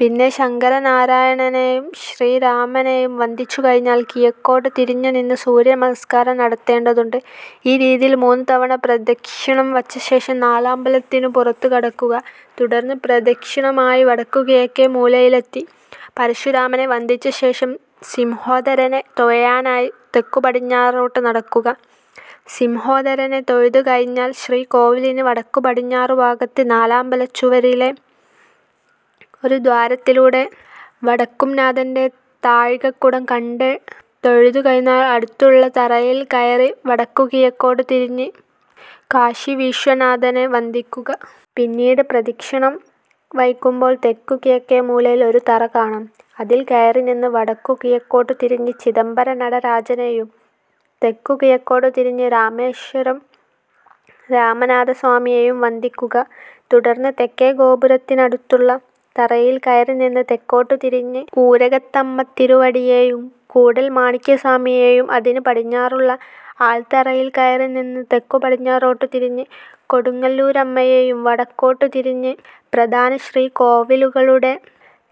പിന്നെ ശങ്കരനാരായണനെയും ശ്രീരാമനെയും വന്ദിച്ചുകഴിഞ്ഞാൽ കിഴക്കോട്ട് തിരിഞ്ഞുനിന്ന് സൂര്യനമസ്കാരം നടത്തേണ്ടതുണ്ട്. ഈ രീതിയിൽ മൂന്നുതവണ പ്രദക്ഷിണം വച്ചശേഷം നാലമ്പലത്തിന് പുറത്ത് കടക്കുക. തുടർന്ന് പ്രദക്ഷിണമായി വടക്കുകിഴക്കേമൂലയിലെത്തി പരശുരാമനെ വന്ദിച്ചശേഷം സിംഹോദരനെ തൊഴാനായി തെക്കുപടിഞ്ഞറോട്ട് നടക്കുക. സിംഹോദരനെ തൊഴുതുകഴിഞ്ഞാൽ ശ്രീകോവിലിന് വടക്കുപടിഞ്ഞാറുഭാഗത്ത് നാലമ്പലച്ചുവരിലെ ഒരു ദ്വാരത്തിലൂടെ വടക്കുംനാഥന്റെ താഴികക്കുടം കണ്ടുതൊഴുതുകഴിഞ്ഞാൽ അടുത്തുള്ള തറയിൽ കയറി വടക്കുകിഴക്കോട്ട് തിരിഞ്ഞ് കാശീവിശ്വനാഥനെ വന്ദിയ്ക്കുക. പിന്നീട് പ്രദക്ഷിണം വയ്ക്കുമ്പോൾ തെക്കുകിഴക്കേമൂലയിൽ ഒരു തറ കാണാം. അതിൽ കയറിനിന്ന് വടക്കുകിഴക്കോട്ട് തിരിഞ്ഞ് ചിദംബരനടരാജനെയും തെക്കുകിഴക്കോട്ട് തിരിഞ്ഞ് രാമേശ്വരം രാമനാഥസ്വാമിയെയും വന്ദിയ്ക്കുക. തുടർന്ന് തെക്കേ ഗോപുരത്തിനടുത്തുള്ള തറയിൽ കയറിനിന്ന് തെക്കോട്ട് തിരിഞ്ഞ് ഊരകത്തമ്മത്തിരുവടിയെയും കൂടൽമാണിക്യസ്വാമിയെയും അതിന് പടിഞ്ഞാറുള്ള ആൽത്തറയിൽ കയറിനിന്ന് തെക്കുപടിഞ്ഞാറോട്ട് തിരിഞ്ഞ് കൊടുങ്ങല്ലൂരമ്മയെയും വടക്കോട്ട് തിരിഞ്ഞ് പ്രധാനശ്രീകോവിലുകളുടെ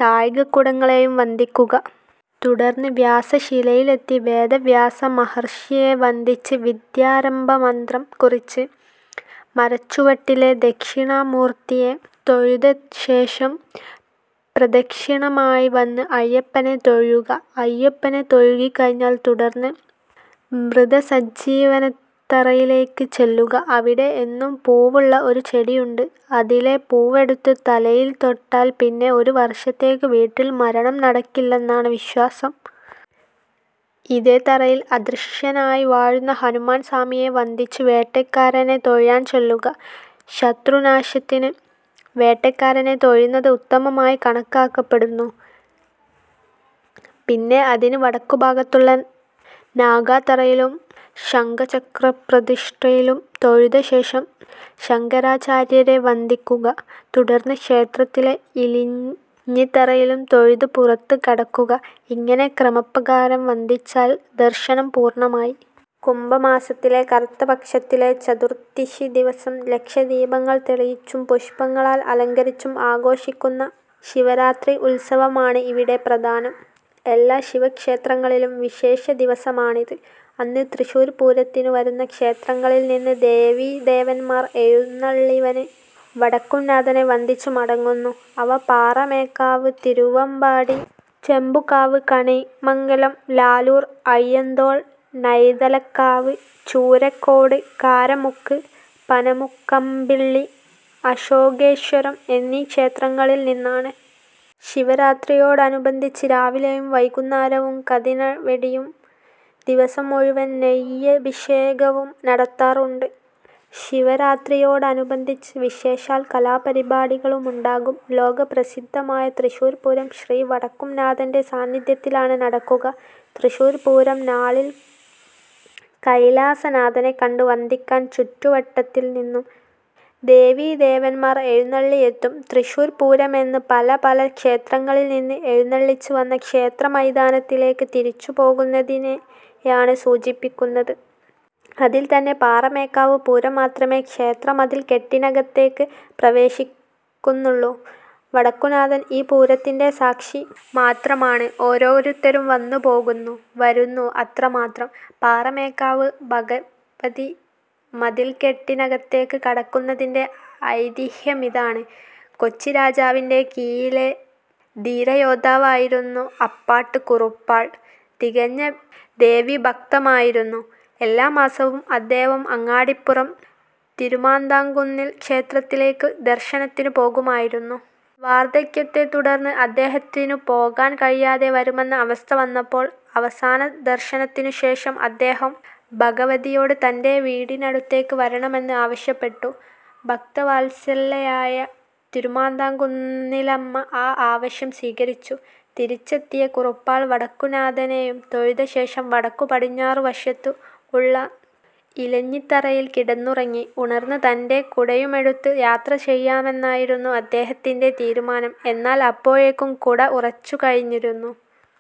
താഴികക്കുടങ്ങളെയും വന്ദിയ്ക്കുക. തുടർന്ന് വ്യാസശിലയിലെത്തി വേദവ്യാസമഹർഷിയെ വന്ദിച്ച് വിദ്യാരംഭമന്ത്രം കുറിച്ച് മരച്ചുവട്ടിലെ ദക്ഷിണാമൂർത്തിയെ തൊഴുതശേഷം പ്രദക്ഷിണമായി വന്ന് അയ്യപ്പനെ തൊഴുക. അയ്യപ്പനെ തൊഴുതുകഴിഞ്ഞാൽ തുടർന്ന് മൃതസഞ്ജീവനിത്തറയിലേയ്ക്ക് ചെല്ലുക. അവിടെ എന്നും പൂവുള്ള ഒരു ചെടിയുണ്ട്. അതിലെ പൂവെടുത്ത് തലയിൽ തൊട്ടാൽ പിന്നെ ഒരു വർഷത്തേയ്ക്ക് വീട്ടിൽ മരണം നടക്കില്ലെന്നാണ് വിശ്വാസം. ഇതേ തറയിൽ അദൃശ്യനായി വാഴുന്ന ഹനുമാൻ സ്വാമിയെ വന്ദിച്ച് വേട്ടേയ്ക്കരനെ തൊഴാൻ ചെല്ലുക. ശത്രുനാശത്തിന് വേട്ടേയ്ക്കരനെ തൊഴുന്നത് ഉത്തമമായി കണക്കാക്കപ്പെടുന്നു. പിന്നെ അതിന് വടക്കുഭാഗത്തുള്ള നാഗത്തറയിലും ശംഖചക്രപ്രതിഷ്ഠയിലും തൊഴുതശേഷം ശങ്കരാചാര്യരെ വന്ദിയ്ക്കുക. തുടർന്ന് ക്ഷേത്രത്തിലെ ഇലഞ്ഞിത്തറയിലും തൊഴുത് പുറത്ത് കടക്കുക. ഇങ്ങനെ ക്രമപ്രകാരം വന്ദിച്ചാൽ ദർശനം പൂർണമായി. കുംഭമാസത്തിലെ കറുത്തപക്ഷത്തിലെ ചതുർദ്ദശിദിവസം ലക്ഷദീപങ്ങൾ തെളിയിച്ചും പുഷ്പങ്ങളാൽ അലങ്കരിച്ചും ആഘോഷിയ്ക്കുന്ന ശിവരാത്രി ഉത്സവമാണ് ഇവിടെ പ്രധാനം. എല്ലാ ശിവക്ഷേത്രങ്ങളിലും വിശേഷദിവസമാണിത്. അന്ന് തൃശ്ശൂർ പൂരത്തിനു വരുന്ന ക്ഷേത്രങ്ങളിൽ നിന്ന് ദേവീദേവന്മാർ എഴുന്നള്ളിവന്ന് വടക്കുംനാഥനെ വന്ദിച്ച് മടങ്ങുന്നു. അവ പാറമേക്കാവ്, തിരുവമ്പാടി, ചെമ്പുക്കാവ്, കണിമംഗലം, ലാലൂർ, അയ്യന്തോൾ, നൈതലക്കാവ്, ചൂരക്കോട്, കാരമുക്ക്, പനമുക്കമ്പിള്ളി, അശോകേശ്വരം എന്നീ ക്ഷേത്രങ്ങളിൽ നിന്നാണ്. ശിവരാത്രിയോടനുബന്ധിച്ച് രാവിലെയും വൈകുന്നേരവും കതിനവെടിയും ദിവസം മുഴുവൻ നെയ്യഭിഷേകവും നടത്താറുണ്ട്. ശിവരാത്രിയോടനുബന്ധിച്ച് വിശേഷാൽ കലാപരിപാടികളുമുണ്ടാകും. ലോക പ്രസിദ്ധമായ തൃശ്ശൂർ പൂരം ശ്രീ വടക്കുംനാഥന്റെസാനിധ്യത്തിലാണ് നടക്കുക. തൃശ്ശൂർ പൂരം നാളിൽ കൈലാസനാഥനെ കണ്ട് വന്ദിക്കാൻ ചുറ്റുവട്ടത്തിൽനിന്നു ദേവീദേവന്മാർ എഴുന്നള്ളിയെത്തും. തൃശ്ശൂർ പൂരമെന്നത് പല പല ക്ഷേത്രങ്ങളിൽ നിന്ന് എഴുന്നെള്ളിച്ച് വന്ന ക്ഷേത്രമൈതാനത്തിലേക്ക് തിരിച്ചുപോകുന്നതിനെയാണ് സൂചിപ്പിക്കുന്നത്. അതിൽ തന്നെ പാറമേക്കാവ് പൂരം മാത്രമേ ക്ഷേത്രമതിൽക്കെട്ടിനകത്തേക്ക് പ്രവേശിക്കുന്നുള്ളൂ. വടക്കുന്നാഥൻ ഈ പൂരത്തിന്റെ സാക്ഷി മാത്രമാണ്. ഓരോരുത്തരും വന്നുപോകുന്നു, വരുന്നു. അത്രമാത്രം. പാറമേക്കാവ് ഭഗവതി മതിൽക്കെട്ടിനകത്തേക്ക് കടക്കുന്നതിന്റെ ഐതിഹ്യമിതാണ്: കൊച്ചിരാജാവിന്റെ കീഴിലെ ധീരയോദ്ധാവായിരുന്ന അപ്പാട്ട് കുറുപ്പാൾ തികഞ്ഞ ദേവീഭക്തമായിരുന്നു. എല്ലാമാസവും അദ്ദേഹം അങ്ങാടിപ്പുറം തിരുമാന്ധാംകുന്ന് ക്ഷേത്രത്തിലേയ്ക്ക് ദർശനത്തിനുപോകുമായിരുന്നു. വാർദ്ധക്യത്തെത്തുടർന്ന് അദ്ദേഹത്തിനുപോകാൻ കഴിയാതെ വരുമെന്ന അവസ്ഥ വന്നപ്പോൾ അവസാനദർശനത്തിനുശേഷം അദ്ദേഹം ഭഗവതിയോട് തന്റെ വീടിനടുത്തേക്ക് വരണമെന്ന് ആവശ്യപ്പെട്ടു. ഭക്തവത്സലയായ തിരുമാന്ധാംകുന്നിലമ്മ ആ ആവശ്യം സ്വീകരിച്ചു. തിരിച്ചെത്തിയ കുറുപ്പാൾ വടക്കുന്നാഥനെയും തൊഴുതശേഷം വടക്കുപടിഞ്ഞാറുവശത്തുള്ള ഇലഞ്ഞിത്തറയിൽ കിടന്നുറങ്ങി. ഉണർന്ന് തന്റെ കുടയുമെടുത്ത് യാത്രചെയ്യാമെന്നായിരുന്നു അദ്ദേഹത്തിന്റെ തീരുമാനം. എന്നാൽ അപ്പോഴേക്കും കുട ഉറച്ചുകഴിഞ്ഞിരുന്നു.